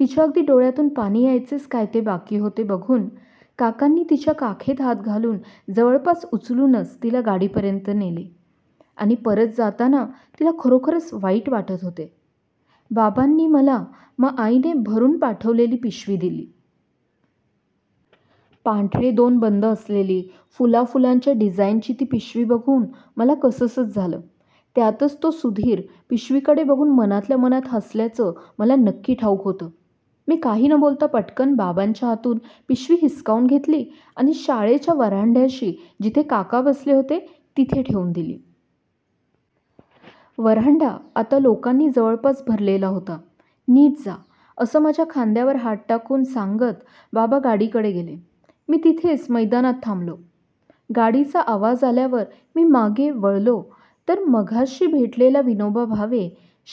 तिच्या अगदी डोळ्यातून पाणी यायचेच काय ते बाकी होते बघून काकांनी तिच्या काखेत हात घालून जवळपास उचलूनच तिला गाडीपर्यंत नेले आणि परत जाताना तिला खरोखरच वाईट वाटत होते. बाबांनी मला मग आईने भरुन पाठवलेली पिशवी दिली. पांढरे दोन बंद असलेली, फुलाफुलाच्या डिझाइनची ती पिशवी बघून मला कससच झालं. त्यातच तो सुधीर पिशवीकडे बघून मनातल्या मनात हसल्याचं मला नक्की ठाउक होतं. मी काही न बोलता पटकन बाबांच्या हातून पिशवी हिसकावून घेतली आणि शाळेच्या व्हरांड्याशी जिथे काका बसले होते तिथे ठेवून दिली. व्हरांडा आता लोकांनी जवळपास भरलेला होता. नीट जा असं माझ्या खांद्यावर हात टाकून सांगत बाबा गाडीकडे गेले. मी तिथेच मैदानात थांबलो. गाडीचा आवाज आल्यावर मी मागे वळलो तर मगाशी भेटलेला विनोबा भावे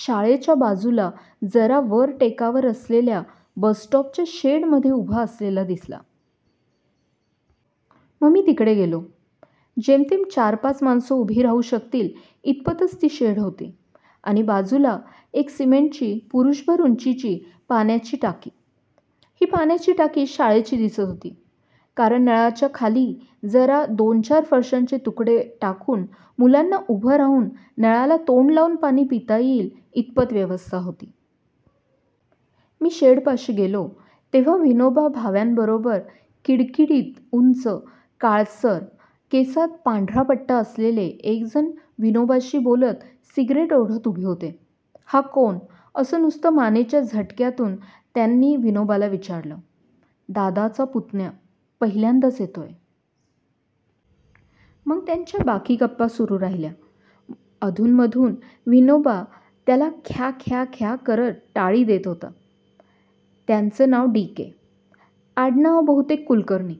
शाळेच्या बाजूला जरा वर टेकावर असलेल्या बसस्टॉपच्या शेडमध्ये उभा असलेला दिसला. मी मग तिकडे गेलो. जेमतेम चार-पाच माणसं उभी राहू शकतील इतपतच ती शेड होती आणि बाजूला एक सिमेंटची पुरुषभर उंचीची पाण्याची टाकी. ही पाण्याची टाकी शाळेची दिसत होती कारण नळाच्या खाली जरा दोन-चार फरश्यांचे तुकडे टाकून मुलांना उभं राहून नळाला तोंड लावून पाणी पिता येईल इतपत व्यवस्था होती. मी शेडपाशी गेलो तेव्हा विनोबा भाव्यांबरोबर किडकिडीत उंच, काळसर, केसात पांढरा पट्टा असलेले एक जण विनोबाशी बोलत सिगरेट ओढत उभे होते. हा कोण असं नुसतं मानेच्या झटक्यातून त्यांनी विनोबाला विचारलं. दादाचा पुतण्या. पहिल्यांदाच येतोय. मग त्यांच्या बाकी गप्पा सुरु राहिल्या. अधून-मधून विनोबा त्याला ख्याख्याख्या करत टाळी देत होता. त्यांचं नाव डीके. आडणाव बहुतेक कुलकर्णी.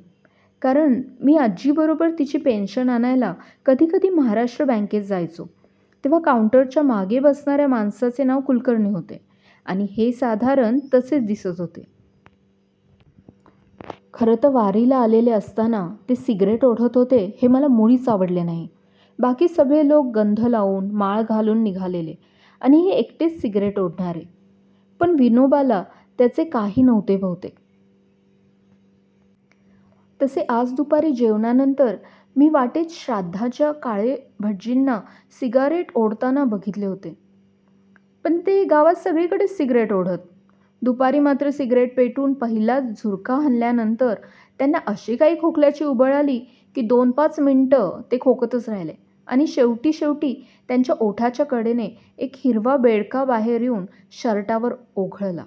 कारण मी आजीबरोबर तिची पेंशन आणायला कधीकधी महाराष्ट्र बॅंकेत जायचो तेव्हा काउंटरच्या मागे बसणार्या माणसाचे नाव कुलकर्णी होते आणि हे साधारण तसेच दिसत होते. खरं तर वारीला आलेले असताना ते सिगरेट ओढत होते हे मला मुळीच आवडले नाही. बाकी सगळे लोक गंध लावून, माळ घालून निघालेले आणि हे एकटेच सिगरेट ओढणारे. पण विनोबाला त्याचे काही नव्हते बहुतेक. तसे आज दुपारी जेवणानंतर मी वाटेत श्राद्धाच्या काळे भटजींना सिगरेट ओढताना बघितले होते. पण ते गावात सगळीकडेच सिगरेट ओढत. दुपारी मात्र सिगरेट पेटवून पहिलाच झुरका हाणल्यानंतर त्यांना अशी काही खोकल्याची उबळ आली की दोन-पाच मिनिटं ते खोकतच राहिले आणि शेवटी शेवटी त्यांच्या ओठाच्या कडेने एक हिरवा बेडका बाहेर येउन शर्टावर ओघळला.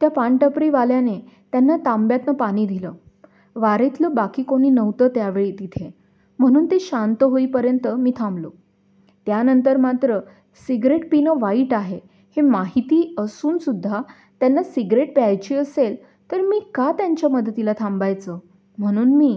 त्या पान टपरीवाल्याने त्यांना तांब्यातनं पाणी दिलं. वारीतलं बाकी कोणी नव्हतं त्यावेळी तिथे म्हणुन ते शांत होईपर्यंत मी थांबलो. त्यानंतर मात्र सिगरेट पिणं वाईट आहे हे माहिती असून सुद्धा त्यांना सिगरेट प्यायची असेल तर मी का त्यांच्या मदतीला थांबायचं म्हणुन मी